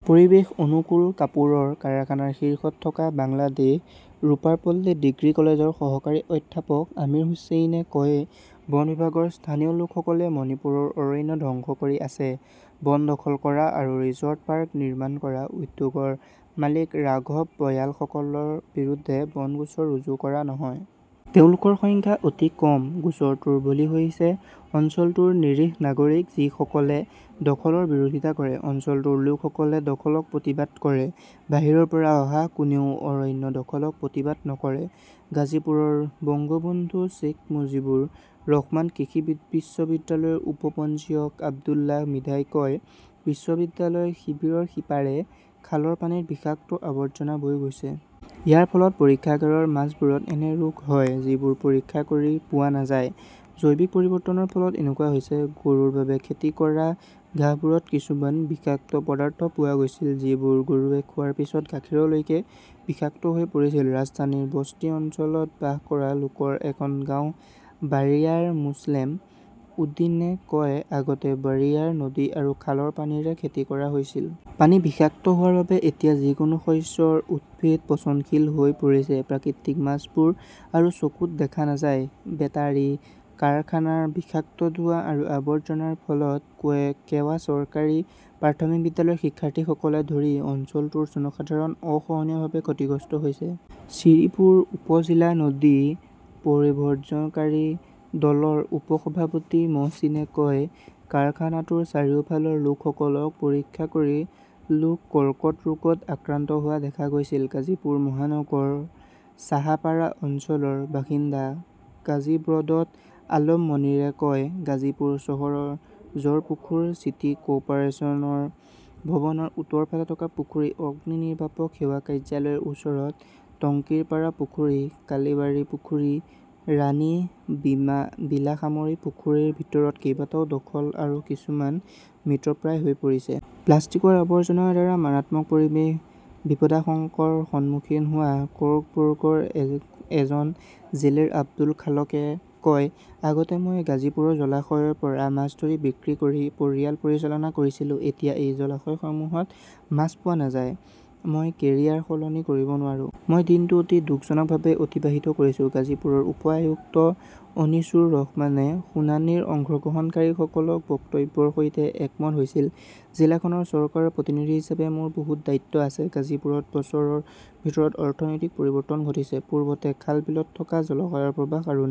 পৰিৱেশ অনুকূল কাপোৰৰ কাৰখানাৰ শীৰ্ষত থকা বাংলাদেশ ৰোভাৰপল্লী ডিগ্ৰী কলেজৰ সহকাৰী অধ্যাপক আমিৰ হুচেইনে কয় বন বিভাগৰ স্থানীয় লোকসকলে মণিপুৰৰ অৰণ্য ধ্বংস কৰি আছে। বন দখল কৰা আৰু ৰিজৰ্ট পাৰ্ক নিৰ্মাণ কৰা উদ্যোগৰ মালিক ৰাঘব বয়ালসকলৰ বিৰুদ্ধে বন গোচৰ ৰুজু কৰা নহয়। তেওঁলোকৰ সংখ্যা অতি কম। গোচৰটোৰ বলি হৈছে অঞ্চলটোৰ নিৰীহ নাগৰিক যিসকলে দখলৰ বিৰোধিতা কৰে। অঞ্চলটোৰ লোকসকলে দখলক প্ৰতিবাদ কৰে, বাহিৰৰ পৰা অহা কোনেও অৰণ্য দখলক প্ৰতিবাদ নকৰে। গাজীপুৰৰ বঙ্গবন্ধু শ্বেইখ মুজিবুৰ ৰহমান কৃষি বিশ্ববিদ্যালয়ৰ উপ-পঞ্জীয়ক আব্দুল্লাহ মৃধাই কয়, বিশ্ববিদ্যালয়ৰ শিবিৰৰ সিপাৰে খালৰ পানীত বিষাক্ত আৱৰ্জনা বৈ গৈছে। ইয়াৰ ফলত পৰীক্ষাগাৰৰ মাছবোৰত এনে ৰোগ হয় যিবোৰ পৰীক্ষা কৰি পোৱা নাযায়। জৈৱিক পৰিৱৰ্তনৰ ফলত এনেকুৱা হৈছে। গৰুৰ বাবে খেতি কৰা ঘাঁহবোৰত কিছুমান বিষাক্ত পদাৰ্থ পোৱা গৈছিল যিবোৰ গৰুৱে খোৱাৰ পিছত গাখীৰলৈকে বিষাক্ত হৈ পৰিছিল, ৰাজধানীৰ বস্তি অঞ্চলত বাস কৰা লোকৰ এখন গাঁও বাৰিয়াৰ মোছলেম উদ্দীনে কয়, আগতে বাৰিয়াৰ নদী আৰু খালৰ পানীৰে খেতি কৰা হৈছিল। পানী বিষাক্ত হোৱাৰ বাবে এতিয়া যিকোনো শস্যৰ উদ্ভিদ পচনশীল হৈ পৰিছে। প্ৰাকৃতিক মাছবোৰ আৰু চকুত দেখা নাযায়। বেটাৰী কাৰখানাৰ বিষাক্ত ধোৱা আৰু আৱৰ্জনাৰ ফলত কেৱা চৰকাৰী প্ৰাথমিক বিদ্যালয়ৰ শিক্ষাৰ্থীসকলকে ধৰি অঞ্চলটোৰ জনসাধাৰণ অসহনীয়ভাৱে ক্ষতিগ্ৰস্ত হৈছে। শ্ৰীপুৰ উপ-জিলা নদী পৰিভ্ৰজনকাৰী দলৰ উপ-সভাপতি মহচিনে কয়, কাৰখানাটোৰ চাৰিওফালৰ লোকসকলক পৰীক্ষা কৰি লোক কৰ্কট ৰোগত আক্ৰান্ত হোৱা দেখা গৈছিল। গাজীপুৰ মহানগৰৰ চাহাপাৰা অঞ্চলৰ বাসিন্দা কাজি বদ্ৰত আলম মনিৰে কয়, গাজীপুৰ চহৰৰ জৰপুখুৰ, চিটি কৰ্পোৰেচন ভৱনৰ উত্তৰ ফালে থকা পুখুৰী, অগ্নিনিৰ্বাপক সেৱা কাৰ্যালয়ৰ ওচৰৰ টঙ্কিৰপাৰা পুখুৰী, কালিবাৰী পুখুৰী, ৰাণী বিলাসামণি পুখুৰীৰ ভিতৰত কেইবাটাও দখল আৰু কিছুমান মৃতপ্ৰায় হৈ পৰিছে। প্লাষ্টিকৰ আৱৰ্জনাৰ দ্বাৰা মাৰাত্মক পৰিৱেশ বিপদাশংকাৰ সন্মুখীন হোৱা কক্সবৰ্গৰ এজন জেলেৰ আব্দুল খালেকে কয়, আগতে মই গাজীপুৰৰ জলাশয়ৰ পৰা মাছ ধৰি বিক্ৰী কৰি পৰিয়াল পৰিচালনা কৰিছিলোঁ। এতিয়া এই জলাশয়সমূহত মাছ পোৱা নাযায়। মই কেৰিয়াৰ সলনি কৰিব নোৱাৰো। মই দিনটো অতি দুখজনকভাৱে অতিবাহিত কৰিছোঁ ।গাজীপুৰৰ উপ-আয়ুক্ত অনিছুৰ ৰহমানে শুনানিৰ অংশগ্ৰহণকাৰীসকলৰ বক্তব্যৰ সৈতে একমত হৈছিল। জিলাখনৰ চৰকাৰৰ প্ৰতিনিধি হিচাপে মোৰ বহুত দায়িত্ব আছে। গাজীপুৰত বছৰৰ ভিতৰত অৰ্থনৈতিক পৰিৱৰ্তন ঘটিছে। পূৰ্বতে খাল- বিলত থকা জলাশয়ৰ প্ৰবাহ আৰু নাই।